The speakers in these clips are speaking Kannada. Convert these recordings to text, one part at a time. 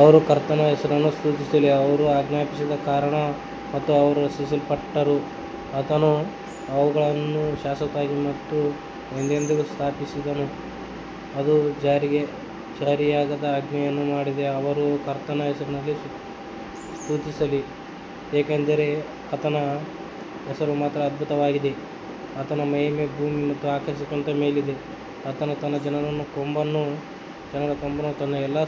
ಅವರು ಕರ್ತನ ಹೆಸರನ್ನು ಸ್ತುತಿಸಲಿ, ಅವರು ಆಜ್ಞಾಪಿಸಿದ ಕಾರಣ ಮತ್ತು ಅವರು ರಚಿಸಲ್ಪಟ್ಟರು ಆತನು ಅವುಗಳನ್ನು ಶಾಶ್ವತವಾಗಿ ಮತ್ತು ಎಂದೆಂದಿಗೂ ಸ್ಥಾಪಿಸಿದನು, ಅದು ಜಾರಿಯಾಗದ ಆಜ್ಞೆಯನ್ನು ಮಾಡಿದೆ ಅವರು ಕರ್ತನ ಹೆಸರನ್ನು ಸ್ತುತಿಸಲಿ, ಏಕೆಂದರೆ ಆತನ ಹೆಸರು ಮಾತ್ರ ಅದ್ಭುತವಾಗಿದೆ, ಆತನ ಮಹಿಮೆಯು ಭೂಮಿ ಮತ್ತು ಆಕಾಶಕ್ಕಿಂತ ಮೇಲಿದೆ ಆತನು ತನ್ನ ಜನರ ಕೊಂಬನ್ನು ತನ್ನ ಎಲ್ಲಾ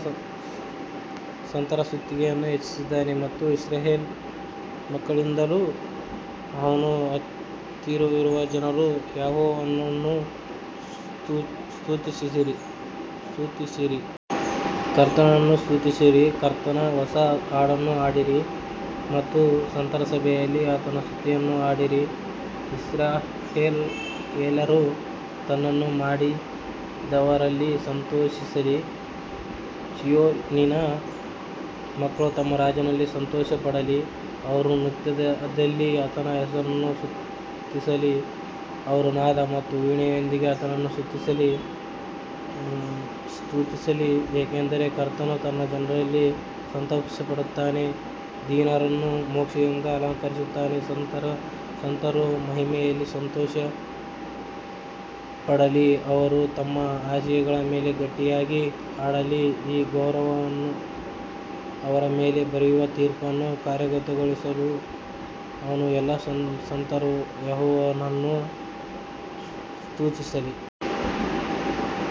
ಸಂತರ ಸ್ತುತಿಯನ್ನು ಹೆಚ್ಚಿಸುತ್ತಾನೆ ಮತ್ತು ಇಸ್ರಾಯೇಲ್ ಮಕ್ಕಳಿಂದಲೂ ಅವನ ಹತ್ತಿರವಿರುವ ಜನರು ಯೆಹೋವನನ್ನು ಸ್ತುತಿಸಿರಿ. ಕರ್ತನನ್ನು ಸ್ತುತಿಸಿರಿ, ಕರ್ತನಿಗೆ ಹೊಸ ಹಾಡನ್ನು ಹಾಡಿರಿ ಮತ್ತು ಸಂತರ ಸಭೆಯಲ್ಲಿ ಆತನ ಸ್ತುತಿಯನ್ನು ಹಾಡಿರಿ ಇಸ್ರಾಯೇಲ್ಯರು ತನ್ನನ್ನು ಮಾಡಿದವರಲ್ಲಿ ಸಂತೋಷಿಸಲಿ, ಚೀಯೋನಿನ ಮಕ್ಕಳು ತಮ್ಮ ರಾಜನಲ್ಲಿ ಸಂತೋಷಪಡಲಿ ಅವರು ನೃತ್ಯದಲ್ಲಿ ಆತನ ಹೆಸರನ್ನು ಸ್ತುತಿಸಲಿ, ಅವರು ನಾದ ಮತ್ತು ವೀಣೆಯೊಂದಿಗೆ ಆತನನ್ನು ಸ್ತುತಿಸಲಿ. ಯಾಕಂದರೆ ಕರ್ತನು ತನ್ನ ಜನರಲ್ಲಿ ಸಂತೋಷಪಡುತ್ತಾನೆ, ದೀನರನ್ನು ಮೋಕ್ಷದಿಂದ ಅಲಂಕರಿಸುತ್ತಾನೆ ಸಂತರು ಮಹಿಮೆಯಲ್ಲಿ ಸಂತೋಷಪಡಲಿ, ಅವರು ತಮ್ಮ ಹಾಸಿಗೆಗಳ ಮೇಲೆ ಗಟ್ಟಿಯಾಗಿ ಹಾಡಲಿ ಈ ಗೌರವವನ್ನು ಅವರ ಮೇಲೆ ಬರೆಯುವ ತೀರ್ಪನ್ನು ಕಾರ್ಯಗತಗೊಳಿಸಲು ಅವನ ಎಲ್ಲಾ ಸಂತರು ಯೆಹೋವನನ್ನು ಸ್ತುತಿಸಲಿ.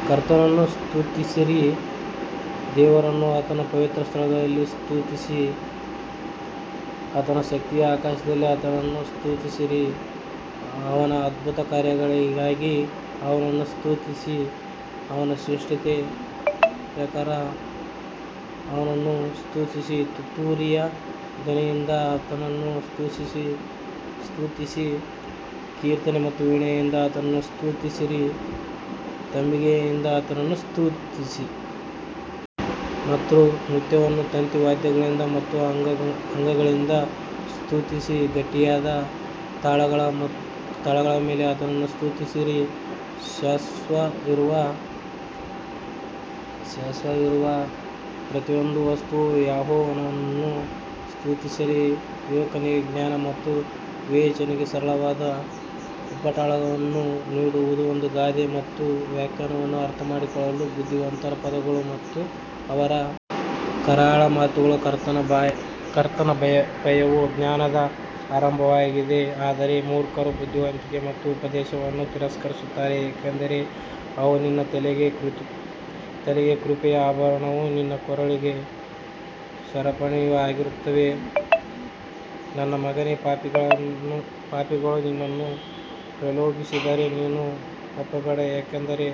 ಕರ್ತನನ್ನು ಸ್ತುತಿಸಿರಿ ದೇವರನ್ನು ಆತನ ಪವಿತ್ರಸ್ಥಳದಲ್ಲಿ ಸ್ತುತಿಸಿ ಆತನ ಶಕ್ತಿಯ ಆಕಾಶದಲ್ಲಿ ಆತನನ್ನು ಸ್ತುತಿಸಿರಿ ಅವನ ಅದ್ಭುತ ಕಾರ್ಯಗಳಿಗಾಗಿ ಅವನನ್ನು ಸ್ತುತಿಸಿ ಅವನ ಶ್ರೇಷ್ಠತೆಯ ಪ್ರಕಾರ ಅವನನ್ನು ಸ್ತುತಿಸಿ ತುತೂರಿಯ ಧ್ವನಿಯಿಂದ ಆತನನ್ನು ಸ್ತುತಿಸಿ, ಕೀರ್ತನೆ ಮತ್ತು ವೀಣೆಯಿಂದ ಆತನನ್ನು ಸ್ತುತಿಸಿರಿ ತಂಬಿಗೆಯಿಂದ ಆತನನ್ನು ಸ್ತುತಿಸಿ ಮತ್ತು ನೃತ್ಯವನ್ನು ತಂತಿ ವಾದ್ಯಗಳಿಂದ ಮತ್ತು ಅಂಗಗಳಿಂದ ಸ್ತುತಿಸಿ ಗಟ್ಟಿಯಾದ ತಾಳಗಳ ಮೇಲೆ ಆತನನ್ನು ಸ್ತುತಿಸಿರಿ ಶ್ವಾಸವಿರುವ ಪ್ರತಿಯೊಂದು ವಸ್ತುವು ಯೆಹೋವನನ್ನು ಸ್ತುತಿಸಲಿ ಯುವಕನಿಗೆ ಜ್ಞಾನ ಮತ್ತು ವಿವೇಚನೆಗೆ ಸರಳವಾದ ಉಪಟಳವನ್ನು ನೀಡುವುದು ಒಂದು ಗಾದೆ ಮತ್ತು ವ್ಯಾಖ್ಯಾನವನ್ನು ಅರ್ಥಮಾಡಿಕೊಳ್ಳಲು ಬುದ್ಧಿವಂತರ ಪದಗಳು ಮತ್ತು ಅವರ ಕರಾಳ ಮಾತುಗಳು ಕರ್ತನ ಭಯವು ಜ್ಞಾನದ ಆರಂಭವಾಗಿದೆ ಆದರೆ ಮೂರ್ಖರು ಬುದ್ಧಿವಂತಿಕೆ ಮತ್ತು ಉಪದೇಶವನ್ನು ತಿರಸ್ಕರಿಸುತ್ತಾರೆ ಯಾಕಂದರೆ ಅವು ನಿನ್ನ ತಲೆಗೆ ಕೃಪೆಯ ಆಭರಣವೂ ನಿನ್ನ ಕೊರಳಿನ ಸರಪಣಿಯೂ ಆಗಿರುತ್ತವೆ ನನ್ನ ಮಗನೇ, ಪಾಪಿಗಳು ನಿನ್ನನ್ನು ಪ್ರಲೋಭಿಸಿದರೆ ನೀನು ಒಪ್ಪಬೇಡ ಯಾಕಂದರೆ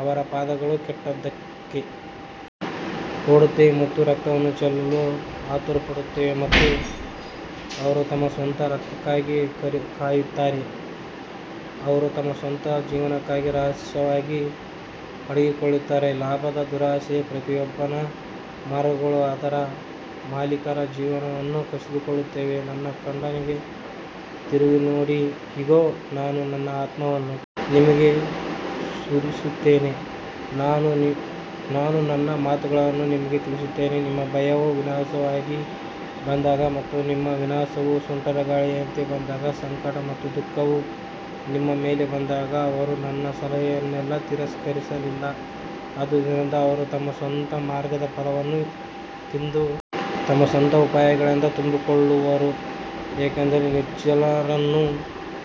ಅವರ ಪಾದಗಳು ಕೆಟ್ಟದ್ದಕ್ಕೆ ಓಡುತ್ತವೆ ಮತ್ತು ರಕ್ತವನ್ನು ಚೆಲ್ಲಲು ಆತುರಪಡುತ್ತವೆ ಮತ್ತು ಅವರು ತಮ್ಮ ಸ್ವಂತ ರಕ್ತಕ್ಕಾಗಿ ಕಾಯುತ್ತಾರೆ, ಅವರು ತಮ್ಮ ಸ್ವಂತ ಜೀವನಕ್ಕಾಗಿ ರಹಸ್ಯವಾಗಿ ಅಡಗಿಕೊಳ್ಳುತ್ತಾರೆ ಲಾಭದ ದುರಾಸೆಯ ಪ್ರತಿಯೊಬ್ಬನ ಮಾರ್ಗಗಳು ಅದರ ಮಾಲೀಕರ ಜೀವನವನ್ನು ಕಸಿದುಕೊಳ್ಳುತ್ತವೆ ನನ್ನ ಖಂಡನೆಗೆ ತಿರುಗಿ ನೋಡಿ ಇಗೋ ನಾನು ನನ್ನ ಆತ್ಮವನ್ನು ನಿಮಗೆ ಸುರಿಸುತ್ತೇನೆ ನಾನು ನನ್ನ ಮಾತುಗಳನ್ನು ನಿಮಗೆ ತಿಳಿಸುತ್ತೇನೆ ನಿಮ್ಮ ಭಯವು ವಿನಾಶವಾಗಿ ಬಂದಾಗ ಮತ್ತು ನಿಮ್ಮ ವಿನಾಶವು ಸುಂಟರಗಾಳಿಯಂತೆ ಬಂದಾಗ ಸಂಕಟ ಮತ್ತು ದುಃಖವು ನಿಮ್ಮ ಮೇಲೆ ಬಂದಾಗ ಅವರು ನನ್ನ ಸಲಹೆಯನ್ನೆಲ್ಲಾ ತಿರಸ್ಕರಿಸಲಿಲ್ಲ ಆದುದರಿಂದ ಅವರು ತಮ್ಮ ಸ್ವಂತ ಮಾರ್ಗದ ಫಲವನ್ನು ತಿಂದು ತಮ್ಮ ಸ್ವಂತ ಉಪಾಯಗಳಿಂದ ತುಂಬಿಕೊಳ್ಳುವರು ಯಾಕಂದರೆ ನಿರ್ಲಜ್ಜರನ್ನು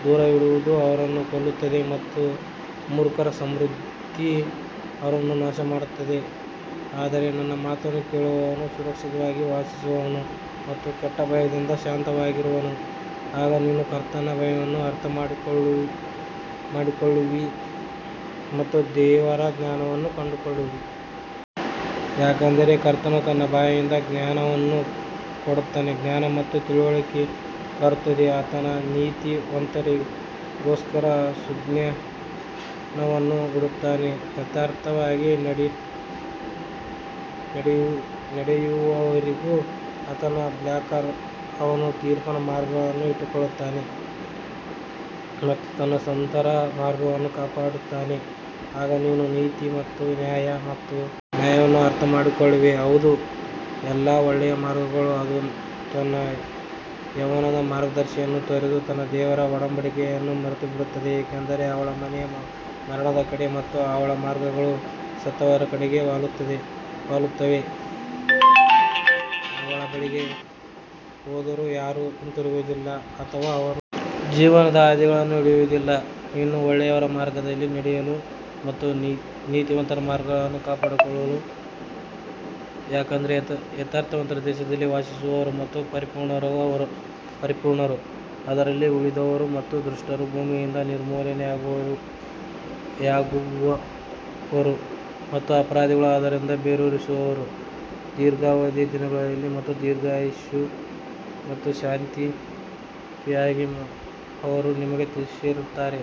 ದೂರವಿಡುವುದು ಅವರನ್ನು ಕೊಲ್ಲುತ್ತದೆ ಮತ್ತು ಮೂರ್ಖರ ಸಮೃದ್ಧಿ ಅವರನ್ನು ನಾಶಮಾಡುತ್ತದೆ ಆದರೆ ನನ್ನ ಮಾತನ್ನು ಕೇಳುವವನು ಸುರಕ್ಷಿತವಾಗಿ ವಾಸಿಸುವನು ಮತ್ತು ಕೆಟ್ಟ ಭಯದಿಂದ ಶಾಂತವಾಗಿರುವನು ಆಗ ನೀನು ಕರ್ತನ ಭಯವನ್ನು ಅರ್ಥಮಾಡಿಕೊಳ್ಳುವಿ ಮತ್ತು ದೇವರ ಜ್ಞಾನವನ್ನು ಕಂಡುಕೊಳ್ಳುವಿ ಯಾಕಂದರೆ ಕರ್ತನು ತನ್ನ ಬಾಯಿಂದ ಜ್ಞಾನವನ್ನು ಕೊಡುತ್ತಾನೆ, ಜ್ಞಾನ ಮತ್ತು ತಿಳುವಳಿಕೆ ಬರುತ್ತದೆ ಆತನು ನೀತಿವಂತರಿಗೋಸ್ಕರ ಸುಜ್ಞಾನವನ್ನು ಇಡುತ್ತಾನೆ, ಯಥಾರ್ಥವಾಗಿ ನಡೆಯುವವರಿಗೆ ಆತನು ಬಕ್ಲರ್ ಅವನು ತೀರ್ಪಿನ ಮಾರ್ಗಗಳನ್ನು ಇಟ್ಟುಕೊಳ್ಳುತ್ತಾನೆ ಮತ್ತು ತನ್ನ ಸಂತರ ಮಾರ್ಗವನ್ನು ಕಾಪಾಡುತ್ತಾನೆ ಆಗ ನೀನು ನೀತಿ ಮತ್ತು ನ್ಯಾಯ ಮತ್ತು ನ್ಯಾಯವನ್ನು ಅರ್ಥಮಾಡಿಕೊಳ್ಳುವೆ, ಹೌದು ಎಲ್ಲಾ ಒಳ್ಳೆಯ ಮಾರ್ಗಗಳು ಅದು ತನ್ನ ಯೌವನದ ಮಾರ್ಗದರ್ಶಿಯನ್ನು ತೊರೆದು ತನ್ನ ದೇವರ ಒಡಂಬಡಿಕೆಯನ್ನು ಮರೆತುಬಿಡುತ್ತದೆ ಯಾಕಂದರೆ ಅವಳ ಮನೆಯು ಮರಣದ ಕಡೆಗೆ ಮತ್ತು ಅವಳ ಮಾರ್ಗಗಳು ಸತ್ತವರ ಕಡೆಗೆ ವಾಲುತ್ತವೆ ಅವಳ ಬಳಿಗೆ ಹೋದವರು ಯಾರೂ ಹಿಂತಿರುಗುವುದಿಲ್ಲ ಅಥವಾ ಅವರು ಜೀವನದ ಹಾದಿಗಳನ್ನು ಹಿಡಿಯುವುದಿಲ್ಲ ನೀನು ಒಳ್ಳೆಯವರ ಮಾರ್ಗದಲ್ಲಿ ನಡೆಯಲು ಮತ್ತು ನೀತಿವಂತರ ಮಾರ್ಗಗಳನ್ನು ಕಾಪಾಡಿಕೊಳ್ಳಲು ಯಾಕಂದರೆ ಯಥಾರ್ಥವಂತರು ದೇಶದಲ್ಲಿ ವಾಸಿಸುವರು ಮತ್ತು ಪರಿಪೂರ್ಣರು ಅದರಲ್ಲಿ ಉಳಿಯುವರು ಆದರೆ ದುಷ್ಟರು ಭೂಮಿಯಿಂದ ನಿರ್ಮೂಲನೆಯಾಗುವರು ಮತ್ತು ಅಪರಾಧಿಗಳು ಅದರಿಂದ ಬೇರೂರಿಸುವರು ದೀರ್ಘಾವಧಿಯ ದಿನಗಳು ಮತ್ತು ದೀರ್ಘಾಯುಷ್ಯ ಮತ್ತು ಶಾಂತಿಗಾಗಿ ಅವರು ನಿಮಗೆ ಸೇರಿಸುತ್ತಾರೆ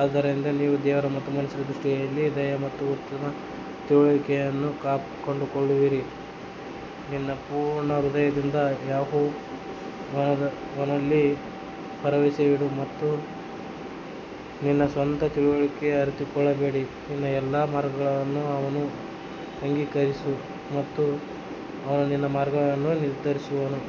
ಆದ್ದರಿಂದ ನೀವು ದೇವರ ಮತ್ತು ಮನುಷ್ಯರ ದೃಷ್ಟಿಯಲ್ಲಿ ದಯೆ ಮತ್ತು ಉತ್ತಮ ತಿಳುವಳಿಕೆಯನ್ನು ಕಂಡುಕೊಳ್ಳುವಿರಿ ನಿನ್ನ ಪೂರ್ಣ ಹೃದಯದಿಂದ ಯೆಹೋವನಲ್ಲಿ ಭರವಸವಿಡು ಮತ್ತು ನಿನ್ನ ಸ್ವಂತ ತಿಳುವಳಿಕೆಗೆ ಆತುಕೊಳ್ಳಬೇಡ ನಿನ್ನ ಎಲ್ಲಾ ಮಾರ್ಗಗಳಲ್ಲಿ ಅವನನ್ನು ಅಂಗೀಕರಿಸು ಮತ್ತು ಅವನು ನಿನ್ನ ಮಾರ್ಗಗಳನ್ನು ನಿರ್ದೇಶಿಸುವನು.